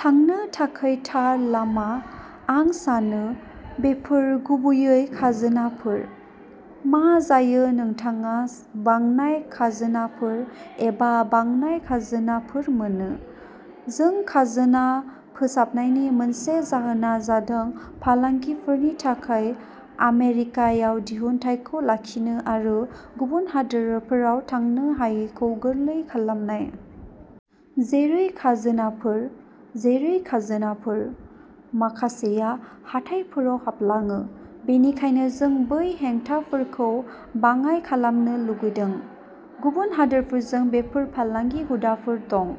थांनो थाखाय थार लामा। आं सानो बेफोर गुबैयै खाजोनाफोर। मा जायो नोंथाङा बांनाय खाजोनाफोर एबा बांनाय खाजोनाफोर मोनो। जों खाजोना फोसाबनायनि मोनसे जाहोना जादों फालांगिफोरनि थाखाय आमेरिकायाव दिहुनथायखौ लाखिनो आरो गुबुन हादोरफोराव थांनो हायैखौ गोरलै खालामनाय। जेरै खाजोनाफोर, जेरै खाजोनाफोर, माखासेया हाथाइफोराव हाबलाङो। बेनिखायनो जों बै हेंथाफोरखौ बाङाइ खालामनो लुगैदों। गुबुन हादोरफोरजों बेफार फालांगि हुदाफोर दं,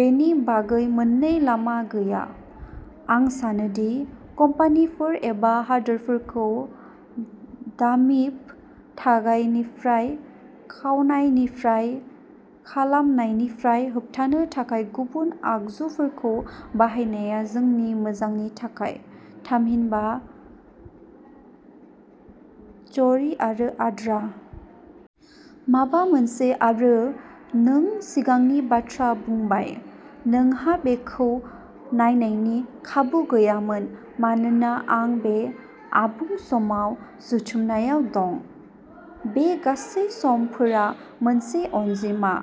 बेनि बागै मोननै लामा गैया। आं सानो दि कम्पानिफोर एबा हादोरफोरखौ डाम्पिं, थगायनायनिफ्राय, खावनायनिफ्राय, खालामनायनिफ्राय होबथानो थाखाय गुबुन आगजुफोरखौ बाहायनाया जोंनि मोजांनि थाखाय, थामहिनबा चोरी आरो आद्रा। माबा मोनसे आरो नों सिगांनि बाथ्रा बुंबाय। नोंहा बेखौ नायनायनि खाबु गैयामोन मानोना आं बे आबुं-समाव जथुमनायाव दं। बे गासै समफोरा मोनसे अनजिमा।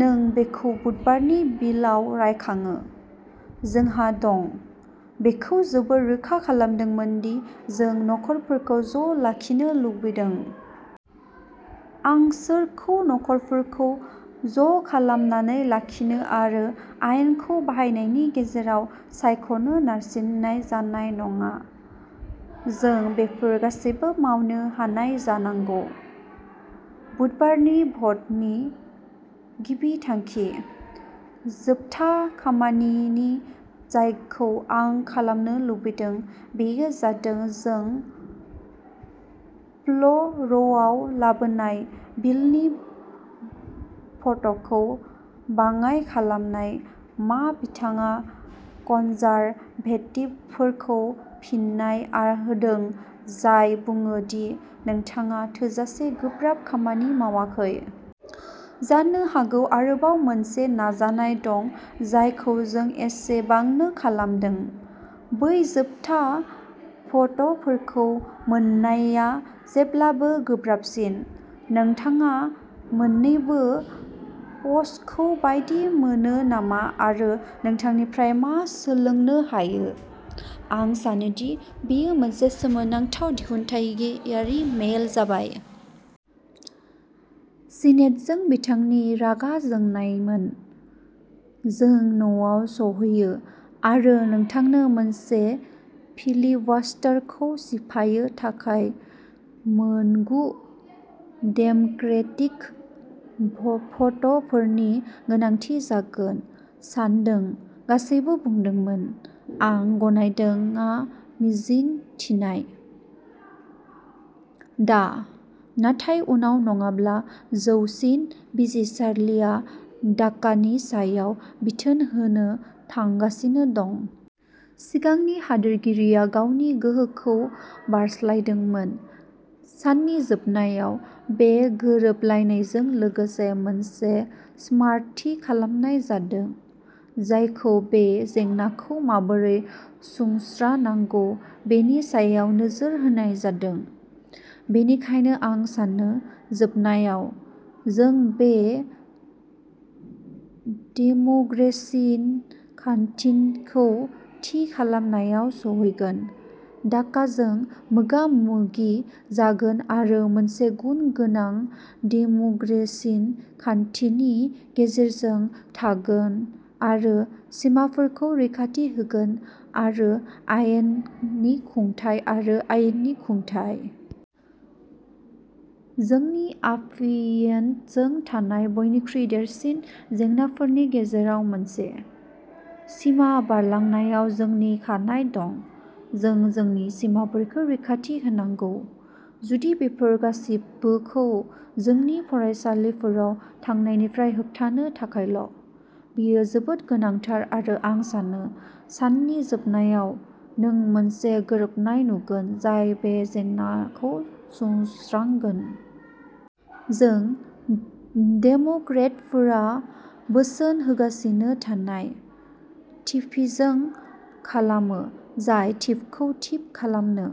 जों बेखौ बुधबारनि बिलआव रायखाङो। जोंहा दं। बेखौ जोबोर रोखा खालामदोंमोन दि जों नखरफोरखौ ज' लाखिनो लुबैदों। आं सोरखारखौ नखरफोरखौ ज'खालामनानै लाखिनो आरो आयेनखौ बाहायनायनि गेजेराव सायख'नो नारसिननाय जानाय नङा। जों बेफोर गासैबो मावनो हानाय जानांगौ। बुधबारनि भ'टनि गिबि थांखि। जोबथा खामानि जायखौ आं खालामनो लुबैदों बेयो जादों जों फ्ल'रआव लाबोनाय बिलनि भ'टखौ बाङाइ खालामनाय मा बिथाङा कनजारभेटिभफोरखौ फिन्नाय होदों जाय बुङो दि नोंथाङा थोजासे गोब्राब खामानि मावाखै। जानो हागौ आरोबाव मोनसे नाजानाय दं जायखौ जों एसेबांनो खालामदों। बै जोबथा भ'टफोरखौ मोननाया जेब्लाबो गोब्राबसिन। नोंथाङा मोन्नैबो पक्षखौ बायदि मोनो नामा आरो नोंथांनिफ्राय मा सोलोंनो हायो। आं सानोदि बेयो मोनसे सोमोनांथाव दिहुनथायारि मेल जाबाय। सिनेटजों बिथांनि रागा जोंनायमोन। जों न'आव सौहैयो आरो नोंथांनो मोनसे फिलिबास्टारखौ सिफायनो थाखाय मोनगु डेम'क्रेटिक भ'टफोरनि गोनांथि जागोन। सानदों गासैबो बुंदोंमोन, आं गनायदोंआ मिजिं थिनाय। दा, नाथाय उनाव नङाब्ला जौसिन बिजिरसालिया डाकानि सायाव बिथोन होनो थांगासिनो दं। सिगांनि हादोरगिरिया गावनि गोहोखौ बारस्लायदोंमोन। साननि जोबनायाव, बे गोरोबलायनायजों लोगोसे मोनसे स्मार्ट थि खालामनाय जादों, जायखौ बे जेंनाखौ माबोरै सुस्रांनांगौ बेनि सायाव नोजोर होनाय जादों, बेनिखायनो आं सानो जोबनायाव, जों बे इमीग्रेसन खान्थिखौ थि खालामनायाव सौहैगोन, डाकाजों मोगा-मोगि जागोन आरो मोनसे गुन गोनां इमीग्रेसन खान्थिनि गेजेरजों थांगोन आरो सिमाफोरखौ रैखाथि होगोन आरो आयेननि खुंथाय आरो आयेननि खुंथाय। जोंनि अफियइडजों थानाय बयनिख्रुइ देरसिन जेंनाफोरनि गेजेराव मोनसे, सिमा बारलांनायाव जोंनि खानाय दं। जों जोंनि सिमाफोरखौ रैखाथि होनांगौ। जुदि बेफोर गासिबोखौ जोंनि फरायसालिफोराव थांनायनिफ्राय होबथानो थाखायल'। बेयो जोबोद गोनांथार आरो आं सानो साननि जोबनायाव, नों मोनसे गोरोबनाय नुगोन जाय बे जेंनाखौ सुस्रांगोन। जों डेम'क्रेटफोरा बोसोन होगासिनो थानाय थिफजों खालामो, जाय थिफखौ थिफ खालामनो।